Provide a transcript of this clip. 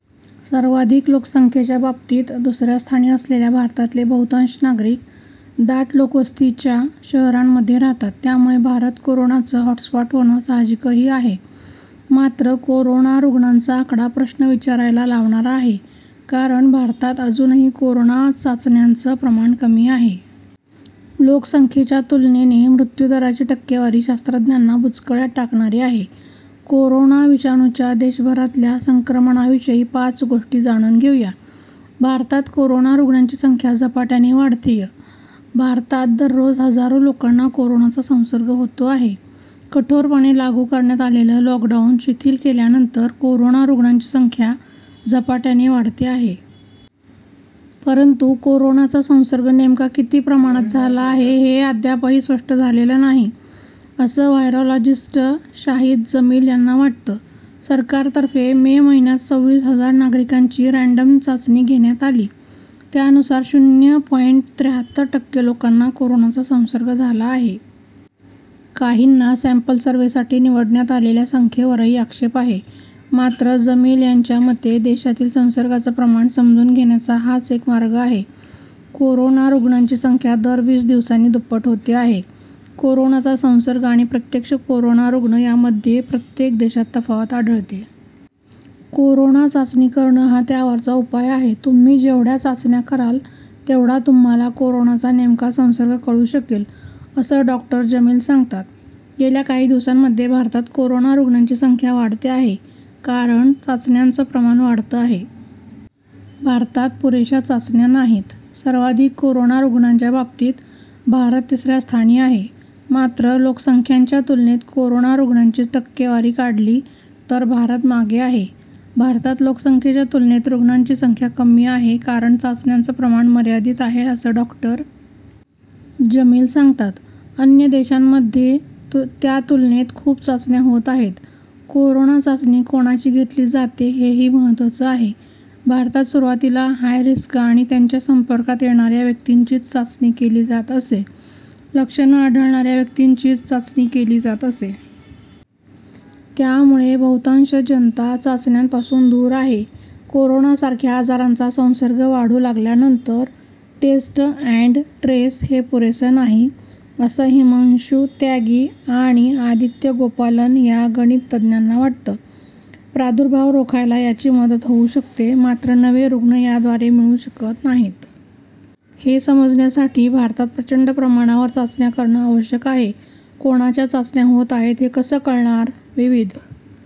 सर्वाधिक लोकसंख्येच्या बाबतीत दुसऱ्या स्थानी असलेल्या भारतातले बहुतांश नागरिक दाट लोकवस्तीच्या शहरांमध्ये राहतात. त्यामुळे भारत कोरोनाचं हॉटस्पॉट होणं साहजिकही आहे. मात्र कोरोना रुग्णांचा आकडा प्रश्न विचारायला लावणारा आहे. कारण भारतात अजूनही कोरोना चाचण्यांचं प्रमाण कमी आहे. लोकसंख्येच्या तुलनेने मृत्यूदराची टक्केवारी शास्त्रज्ञांना बुचकळ्यात टाकणारी आहे. कोरोना विषाणूच्या देशभरातल्या संक्रमणाविषयी पाच गोष्टी जाणून घेऊया. भारतात कोरोना रुग्णांची संख्या झपाट्याने वाढतेय भारतात दररोज हजारो लोकांना कोरोनाचा संसर्ग होतो आहे. कठोरपणे लागू करण्यात आलेलं लॉकडाऊन शिथिल केल्यानंतर कोरोना रुग्णांची संख्या झपाट्याने वाढते आहे. परंतु कोरोनाचा संसर्ग नेमका किती प्रमाणात झाला आहे हे अद्यापही स्पष्ट झालेलं नाही असं व्हायरॉलॉजिस्ट शाहीद जमील यांना वाटतं. सरकारतर्फे मे महिन्यात सव्वीस हजार नागरिकांची रँडम चाचणी घेण्यात आली. त्यानुसार शून्य पॉइंट त्र्याहत्तर टक्के लोकांना कोरोनाचा संसर्ग झाला आहे. काहींना सँपल सर्व्हेसाठी निवडण्यात आलेल्या संख्येवरही आक्षेप आहे. मात्र जमील यांच्या मते देशातील संसर्गाचं प्रमाण समजून घेण्याचा हाच एक मार्ग आहे. कोरोना रुग्णांची संख्या दर वीस दिवसांनी दुप्पट होते आहे. कोरोनाचा संसर्ग आणि प्रत्यक्ष कोरोना रुग्ण यामध्ये प्रत्येक देशात तफावत आढळते. कोरोना चाचणी करणं हा त्यावरचा उपाय आहे. तु्म्ही जेवढ्या चाचण्या कराल, तेवढा तुम्हाला कोरोनाचा नेमका संसर्ग कळू शकेल, असं डॉ. जमील सांगतात. गेल्या काही दिवसांमध्ये भारतात कोरोना रुग्णांची संख्या वाढते आहे, कारण चाचण्यांचं प्रमाण वाढतं आहे. भारतात पुरेशा चाचण्या नाहीत सर्वाधिक कोरोना रुग्णांच्या बाबतीत भारत तिसऱ्या स्थानी आहे. मात्र लोकसंख्याच्या तुलनेत कोरोना रुग्णांची टक्केवारी काढली तर भारत मागे आहे. भारतात लोकसंख्येच्या तुलनेत रुग्णांची संख्या कमी आहे कारण चाचण्यांचं प्रमाण मर्यादित आहे असं डॉ. जमील सांगतात. अन्य देशांमध्ये त्यातुलनेत खूप चाचण्या होत आहेत. कोरोना चाचणी कोणाची घेतली जाते हेही महत्त्वाचं आहे. भारतात सुरुवातीला हाय रिस्क आणि त्यांच्या संपर्कात येणाऱ्या व्यक्तींचीच चाचणी केली जात असे. लक्षणं आढळणाऱ्या व्यक्तींचीच चाचणी केली जात असे. त्यामुळे बहुतांश जनता चाचण्यांपासून दूर आहे. कोरोनासारख्या आजाराचा संसर्ग वाढू लागल्यानंतर टेस्ट अँड ट्रेस हे पुरेसं नाही, असं हिमांशू त्यागी आणि आदित्य गोपालन या गणिततज्ज्ञांना वाटतं. प्रादुर्भाव रोखायला याची मदत होऊ शकते मात्र नवे रुग्ण याद्वारे मिळू शकत नाहीत. ते समजण्यासाठी भारतात प्रचंड प्रमाणावर चाचण्या करणं आवश्यक आहे. कोणाच्या चाचण्या होत आहेत हे कसं कळणार? विविध